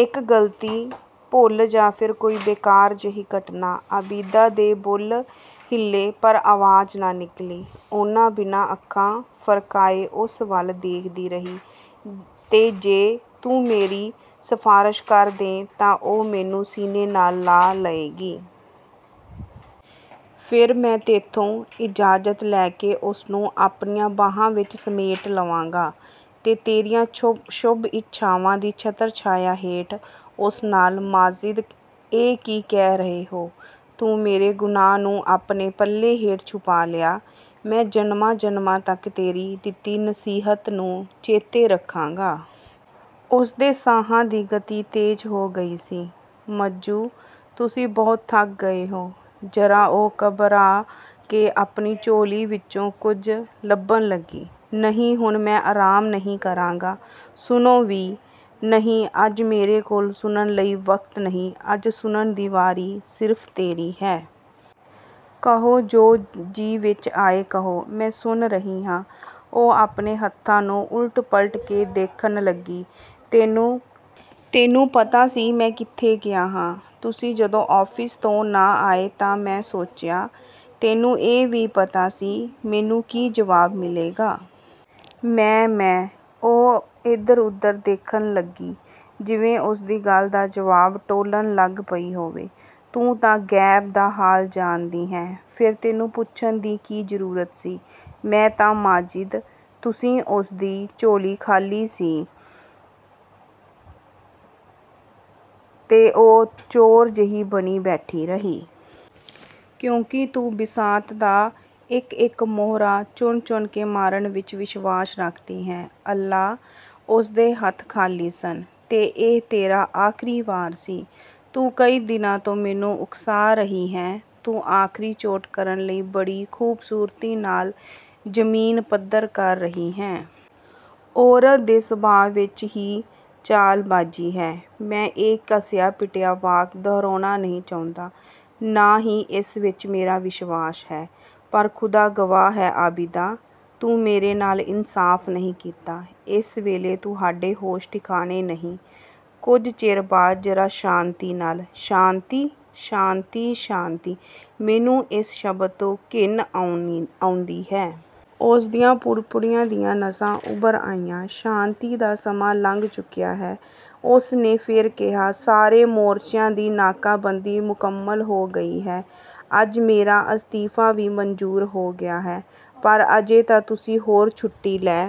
"ਇੱਕ ਗਲਤੀ, ਭੁੱਲ ਜਾਂ ਫਿਰ ਕੋਈ ਬੇਕਾਰ ਜਿਹੀ ਘਟਨਾ" ਆਬਿਦਾ ਦੇ ਬੁੱਲ੍ਹ ਹਿਲੇ ਪਰ ਆਵਾਜ਼ ਨਾ ਨਿਕਲੀ। ਉਹ ਬਿਨਾਂ ਅੱਖਾਂ ਫਰਕਾਏ ਉਸ ਵੱਲ ਦੇਖਦੀ ਰਹੀ। "ਤੇ ਜੇ ਤੂੰ ਮੇਰੀ ਸਿਫ਼ਾਰਸ਼ ਕਰ ਦੇਂ ਤਾਂ ਉਹ ਮੈਨੂੰ ਸੀਨੇ ਨਾਲ ਲਾ ਲਏਗੀ। ਫਿਰ ਮੈਂ ਤੈਥੋਂ ਇਜਾਜ਼ਤ ਲੈ ਕੇ ਉਸਨੂੰ ਆਪਣੀਆਂ ਬਾਹਾਂ ਵਿੱਚ ਸਮੇਟ ਲਵਾਂਗਾ ਤੇ ਤੇਰੀਆਂ ਸ਼ੁਭ-ਇੱਛਾਵਾਂ ਦੀ ਛਤਰ-ਛਾਇਆ ਹੇਠ ਉਸ ਨਾਲ" "ਮਾਜਿਦ, ਇਹ ਕੀ ਕਹਿ ਰਹੇ ਹੋ!" "ਤੂੰ ਮੇਰੇ ਗੁਨਾਹ ਨੂੰ ਆਪਣੇ ਪੱਲੇ ਹੇਠ ਛੁਪਾ ਲਿਆ, ਮੈਂ ਜਨਮਾਂ-ਜਨਮਾਂ ਤੱਕ ਤੇਰੀ ਦਿੱਤੀ ਨਸੀਹਤ ਨੂੰ ਚੇਤੇ ਰੱਖਾਂਗਾ।" ਉਸਦੇ ਸਾਹਾਂ ਦੀ ਗਤੀ ਤੇਜ਼ ਹੋ ਗਈ ਸੀ। "ਮੱਜੂ-- ਤੁਸੀਂ ਬਹੁਤ ਥੱਕ ਗਏ ਹੋ। ਜ਼ਰਾ--" ਉਹ ਘਬਰਾ ਕੇ ਆਪਣੀ ਝੋਲੀ ਵਿੱਚੋਂ ਕੁਝ ਲੱਭਣ ਲੱਗੀ। "ਨਹੀਂ ਹੁਣ ਮੈਂ ਆਰਾਮ ਨਹੀਂ ਕਰਾਂਗਾ।" "ਸੁਣੋ ਵੀ--" "ਨਹੀਂ ਅੱਜ ਮੇਰੇ ਕੋਲ ਸੁਣਨ ਲਈ ਵਕਤ ਨਹੀਂ ਅੱਜ ਸੁਣਨ ਦੀ ਵਾਰੀ ਸਿਰਫ਼ ਤੇਰੀ ਹੈ।" "ਕਹੋ, ਜੋ ਜੀਅ ਵਿੱਚ ਆਏ ਕਹੋ, ਮੈਂ ਸੁਣ ਰਹੀ ਹਾਂ।" ਉਹ ਆਪਣੇ ਹੱਥਾਂ ਨੂੰ ਉਲਟ-ਪਲਟ ਕੇ ਦੇਖਣ ਲੱਗੀ। "ਤੈਨੂੰ ਪਤਾ ਸੀ, ਮੈਂ ਕਿੱਥੇ ਗਿਆ ਹਾਂ?" "ਤੁਸੀਂ ਜਦੋਂ ਆਫ਼ਿਸ ਤੋਂ ਨਾ ਆਏ ਤਾਂ ਮੈਂ ਸੋਚਿਆ" "ਤੈਨੂੰ ਇਹ ਵੀ ਪਤਾ ਸੀ, ਮੈਨੂੰ ਕੀ ਜਵਾਬ ਮਿਲੇਗਾ?" "ਮੈਂ-ਮੈਂ--" ਉਹ ਇਧਰ-ਉਧਰ ਦੇਖਣ ਲੱਗੀ ਜਿਵੇਂ ਉਸਦੀ ਗੱਲ ਦਾ ਜਵਾਬ ਟੋਲਣ ਲੱਗ ਪਈ ਹੋਵੇ। "ਤੂੰ ਤਾਂ ਗੈਬ ਦਾ ਹਾਲ ਜਾਣਦੀ ਹੈਂ। ਫਿਰ ਤੈਨੂੰ ਪੁੱਛਣ ਦੀ ਕੀ ਜ਼ਰੂਰਤ ਸੀ?" "ਮੈਂ-ਤਾਂ-ਮਾਜਿਦ, ਤੁਸੀਂ--" ਉਸਦੀ ਝੋਲੀ ਖ਼ਾਲੀ ਸੀ ਤੇ ਉਹ ਚੋਰ ਜਿਹੀ ਬਣੀ ਬੈਠੀ ਰਹੀ। "ਕਿਉਂਕਿ ਤੂੰ ਬਿਸਾਤ ਦਾ ਇੱਕ-ਇੱਕ ਮੋਹਰਾ ਚੁਣ-ਚੁਣ ਕੇ ਮਾਰਨ ਵਿੱਚ ਵਿਸ਼ਵਾਸ ਰੱਖਦੀ ਹੈਂ।" "ਅੱਲਾ--!" ਉਸਦੇ ਹੱਥ ਖ਼ਾਲੀ ਸਨ। "ਤੇ ਇਹ ਤੇਰਾ ਆਖਰੀ ਵਾਰ ਸੀ। ਤੂੰ ਕਈ ਦਿਨਾਂ ਤੋਂ ਮੈਨੂੰ ਉਕਸਾ ਰਹੀ ਹੈਂ, ਤੂੰ ਆਖਰੀ ਚੋਟ ਕਰਨ ਲਈ ਬੜੀ ਖ਼ੂਬਸੂਰਤੀ ਨਾਲ ਜ਼ਮੀਨ ਪੱਧਰ ਕਰ ਰਹੀ ਹੈਂ। ਔਰਤ ਦੇ ਸੁਭਾਅ ਵਿੱਚ ਹੀ ਚਾਲਬਾਜ਼ੀ ਹੈ। ਮੈਂ ਇਹ ਘਿਸਿਆ-ਪਿਟਿਆ ਵਾਕ ਦੁਹਰਾਉਣਾ ਨਹੀਂ ਚਾਹੁੰਦਾ, ਨਾ ਹੀ ਇਸ ਵਿੱਚ ਮੇਰਾ ਵਿਸ਼ਵਾਸ ਹੈ। ਪਰ ਖ਼ੁਦਾ ਗਵਾਹ ਹੈ ਆਬਿਦਾ, ਤੂੰ ਮੇਰੇ ਨਾਲ ਇਨਸਾਫ਼ ਨਹੀਂ ਕੀਤਾ।" "ਇਸ ਵੇਲੇ ਤੁਹਾਡੇ ਹੋਸ਼ ਠਿਕਾਣੇ ਨਹੀਂ, ਕੁਝ ਚਿਰ ਬਾਅਦ ਜ਼ਰਾ ਸ਼ਾਂਤੀ ਨਾਲ" "ਸ਼ਾਂਤੀ, ਸ਼ਾਂਤੀ, ਸ਼ਾਂਤੀ, ਮੈਨੂੰ ਇਸ ਸ਼ਬਦ ਤੋਂ ਘਿਣ ਆਉਂਦੀ ਹੈ।" ਉਸਦੀਆਂ ਪੁੜਪੁੜੀਆਂ ਦੀਆਂ ਨਸਾਂ ਉਭਰ ਆਈਆਂ, "ਸ਼ਾਂਤੀ ਦਾ ਸਮਾਂ ਲੰਘ ਚੁੱਕਿਆ ਹੈ।" ਉਸ ਨੇ ਫਿਰ ਕਿਹਾ, "ਸਾਰੇ ਮੋਰਚਿਆਂ ਦੀ ਨਾਕਾਬੰਦੀ ਮੁਕੰਮਲ ਹੋ ਗਈ ਹੈ। ਅੱਜ ਮੇਰਾ ਅਸਤੀਫ਼ਾ ਵੀ ਮੰਜ਼ੂਰ ਹੋ ਗਿਆ ਹੈ।" "ਪਰ ਅਜੇ ਤਾਂ ਤੁਸੀਂ ਹੋਰ ਛੁੱਟੀ ਲੈ